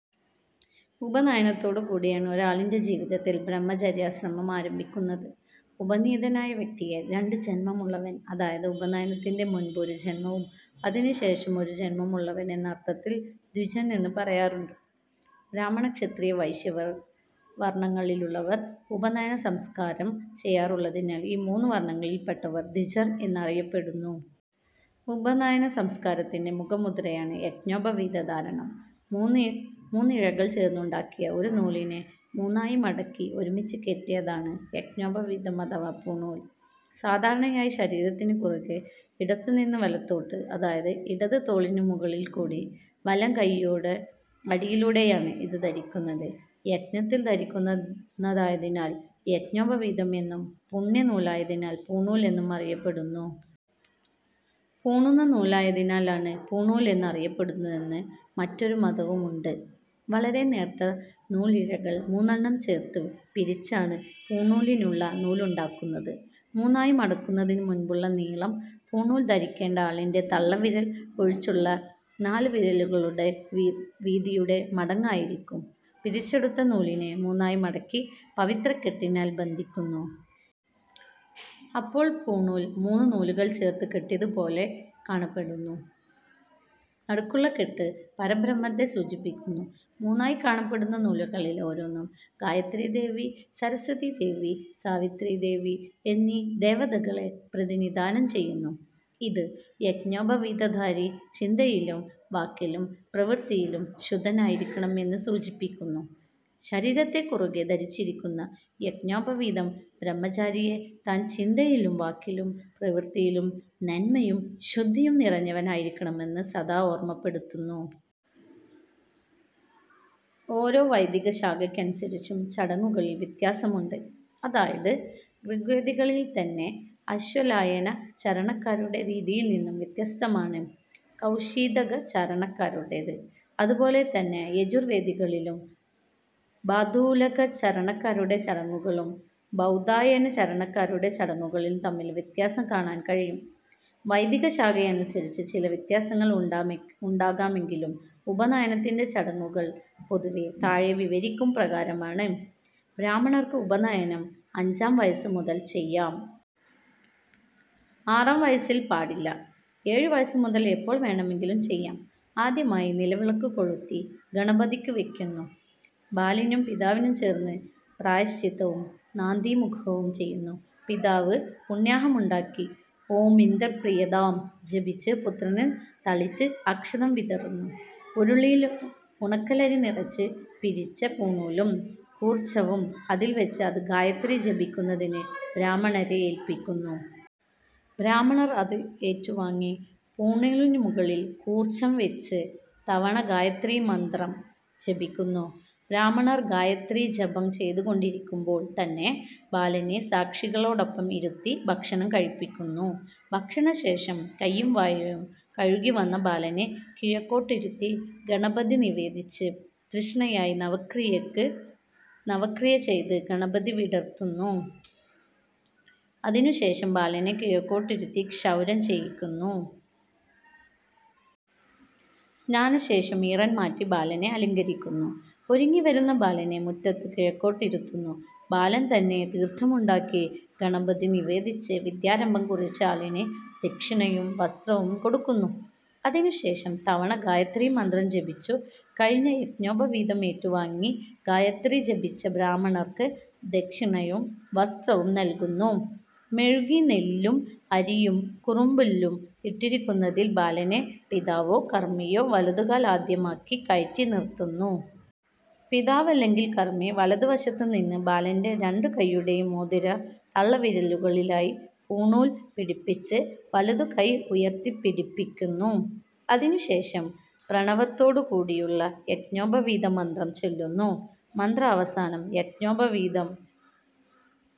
ഉപനയനത്തോടുകൂടിയാണ് ഒരാളിന്റെ ജീവിതത്തിൽ ബ്രഹ്മചര്യാശ്രമം ആരംഭിക്കുന്നത്. ഉപനീതനായ വ്യക്തിയെ 'രണ്ട് ജന്മം ഉള്ളവൻ', അതായത് ഉപനയനത്തിന് മുൻപ് ഒരു ജന്മവും അതിനുശേഷം ഒരു ജന്മവും ഉള്ളവൻ, എന്ന അർത്ഥത്തിൽ ദ്വിജൻ എന്ന് പറയാറുണ്ട്. ബ്രാഹ്മണക്ഷത്രിയവൈശ്യവർണങ്ങളിലുള്ളവർ ഉപനയനസംസ്കാരം ചെയ്യാറുള്ളതിനാൽ ഈ മൂന്നു വർണങ്ങളിലും പെട്ടവർ ദ്വിജർ എന്ന് അറിയപ്പെടുന്നു. ഉപനയനസംസ്കാരത്തിന്റെ മുഖമുദ്രയണ് യജ്ഞോപവീതധാരണം. മൂന്നാഴി മൂന്നിഴകൾചേർത്തുണ്ടാക്കിയ ഒരു നൂലിനെ മൂന്നായി മടക്കി ഒരുമിച്ച് കെട്ടിയതാണ് യജ്ഞോപവീതം അഥവാ പൂണൂൽ. സാധാരണയായി ശരീരത്തിനു കുറുകെ ഇടത്തുനിന്ന് വലത്തോട്ട്, അതായത് ഇടത് തോളിനു മുകളിൽക്കൂടി വലംകയ്യുടെ അടിയിലൂടെയാണ് ഇത് ധരിക്കുന്നത്. യജ്ഞത്തിൽ ധരിക്കുന്നതായതിനാൽ യജ്ഞോപവീതം എന്നും പുണ്യനൂലായതിനാൽ പൂണൂൽ എന്നും അറിയപ്പെടുന്നു. പൂണുന്ന നൂലായതിനാലാണ് പൂണൂൽ എന്ന് അറിയപ്പെടുന്നതെന്ന് മറ്റൊരു മതവുമുണ്ട്. വളരെ നേർത്ത നൂലിഴകൾ മൂന്നെണ്ണം ചേർത്ത് പിരിച്ചാണ് പൂണൂലിനുള്ള നൂലുണ്ടാക്കുന്നത്. മൂന്നായി മടക്കുന്നതിനു മുൻപുള്ള നീളം പൂണൂൽ ധരിക്കേണ്ട ആളിന്റെ തള്ളവിരൽ ഒഴിച്ചുള്ള നാലുവിരലുകളുടെ വീതിയുടെ മടങ്ങ് ആയിരിക്കും. പിരിച്ചെടുത്ത നൂലിനെ മൂന്നായി മടക്കി പവിത്രക്കെട്ടിനാൽ ബന്ധിക്കുന്നു. അപ്പോൾ പൂണൂൽ മൂന്ന് നൂലുകൾ ചേർത്ത് കെട്ടിയതുപോലെകാണപ്പെടുന്നു. നടുക്കുള്ള കെട്ട് പരബ്രഹ്മത്തെ സൂചിപ്പിക്കുന്നു. മൂന്നായി കാണപ്പെടുന്ന നൂലുകളിൽ ഓരോന്നും ഗായത്രീദേവി, സരസ്വതീദേവി സാവിത്രീദേവി, എന്നീ ദേവതകളെ പ്രതിനിധാനം ചെയ്യുന്നു. ഇത്, യജ്ഞോപവീതധാരി ചിന്തയിലും വാക്കിലും പ്രവൃത്തിയിലും ശുദ്ധനായിരിക്കണം എന്ന് സൂചിപ്പിക്കുന്നു. ശരീരത്തിനുകുറുകെ ധരിച്ചിരിക്കുന്ന യജ്ഞോപവീതം ബ്രഹ്മചാരിയെ താൻ ചിന്തയിലും വാക്കിലും പ്രവൃത്തിയിലും നന്മയും ശുദ്ധിയും നിറഞ്ഞവനായിരിക്കണമെന്ന് സദാ ഓർമപ്പെടുത്തുന്നു. ഓരോ വൈദികശാഖയ്ക്കനുസരിച്ചും ചടങ്ങുകളിൽ വ്യത്യാസമുണ്ട്. അതായത്, ഋഗ്വേദികളിൽത്തന്നെ ആശ്വലായനചരണക്കാരുടെ രീതിയിൽ നിന്നും വ്യത്യസ്തമാണ് കൗഷീതകചരണക്കാരുടേത്. അതുപോലെതന്നെ യജുർവേദികളിലും ബാധൂലകചരണക്കാരുടെ ചടങ്ങുകളും ബൗധായനചരണക്കാരുടെ ചടങ്ങുകളും തമ്മിലും വ്യത്യാസം കാണാൻ കഴിയും. വൈദികശാഖയനുസരിച്ച് ചിലവ്യത്യാസങ്ങൾ ഉണ്ടാകാമെങ്കിലും ഉപനയനത്തിന്റെ ചടങ്ങുകൾ പൊതുവെ താഴെ വിവരിക്കും പ്രകാരമാണ്. ബ്രാഹ്മണർക്ക് ഉപനയനം അഞ്ചാം വയസ്സുമുതൽ ചെയ്യാം. ആറാം വയസ്സിൽ പാടില്ല. ഏഴുവയസ്സുമുതൽ എപ്പോൾ വേണമെങ്കിലും ചെയ്യാം. ആദ്യമായി നിലവിളക്കുകൊളുത്തി ഗണപതിക്ക് വയ്ക്കുന്നു. ബാലനും പിതാവും ചേർന്ന് പ്രായശ്ചിത്തവും നാന്ദീമുഖവും ചെയ്യുന്നു. പിതാവ് പുണ്യാഹമുണ്ടാക്കി "ഓം ഇന്ദ്രപ്രീയതാം" ജപിച്ച് പുത്രന് തളിച്ച് അക്ഷതം വിതറുന്നു. ഉരുളിയിൽ ഉണക്കലരി നിറച്ച് പിരിച്ച പൂണൂലും കൂർച്ചവും അതിൽ വച്ച് അത് ഗായത്രി ജപിക്കുന്നതിന് ബ്രാഹ്മണരെ ഏല്പിക്കുന്നു. ബ്രാഹ്മണർ അത് ഏറ്റുവാങ്ങി പൂണൂലിനുമുകളിൽ കൂർച്ചം വച്ച് തവണ ഗായത്രീമന്ത്രം ജപിക്കുന്നു.. ബ്രാഹ്മണർ ഗായത്രീജപം ചെയ്തുകൊണ്ടിരിക്കുമ്പോൾത്തന്നെ ബാലനെ സാക്ഷികളോടൊപ്പം ഇരുത്തി ഭക്ഷണം കഴിപ്പിക്കുന്നു. ഭക്ഷണശേഷം കൈയും വായും കഴുകിവന്ന ബാലനെ കിഴക്കോട്ടിരുത്തി ഗണപതിനിവേദിച്ച് തുഷ്ണിയായി നവക്രിയചെയ്ത് ഗണപതി വിടുർത്തുന്നു. അതിനു് ശേഷം ബാലനെ കിഴക്കോട്ടിരുത്തി ക്ഷൗരം ചെയ്യിക്കുന്നു. സ്നാനശേഷം ഈറൻ മാറ്റി ബാലനെ അലങ്കരിക്കുന്നു. ഒരുങ്ങിവരുന്ന ബാലനെ മുറ്റത്ത് കിഴക്കോട്ടിരുത്തുന്നു. ബാലൻ തന്നെ തീർഥമുണ്ടാക്കി ഗണപതി നിവേദിച്ച് വിദ്യാരംഭം കുറിച്ച ആളിന് ദക്ഷിണയും വസ്ത്രവും കൊടുക്കുന്നു. അതിനുശേഷം തവണ ഗായത്രീമന്ത്രം ജപിച്ചുകഴിഞ്ഞ യജ്ഞോപവീതം ഏറ്റുവാങ്ങി ഗായത്രി ജപിച്ച ബ്രാഹ്മണർക്ക് ദക്ഷിണയും വസ്ത്രവും നൽകുന്നു. മെഴുകി നെല്ലും അരിയും കുറുമ്പുല്ലും ഇട്ടിരിക്കുന്നതിൽ ബാലനെ പിതാവോ കർമിയോ വലതുകാൽ ആദ്യമാക്കി കയറ്റി നിർത്തുന്നു. പിതാവ് അല്ലെങ്കിൽ കർമി വലതുവശത്തുനിന്ന് ബാലന്റെ രണ്ടുകയ്യുടെയും മോതിര-തള്ളവിരലുകലായി പൂണുനൂൽ പിടിപ്പിച്ച് വലതുകൈ ഉയർത്തിപ്പിടിപ്പിക്കുന്നു. അതിനു് ശേഷം പ്രണവത്തോടുകൂടിയുള്ള യജ്ഞോപവീതമന്ത്രം ചൊല്ലുന്നു. മന്ത്രാവസാനം യജ്ഞോപവീതം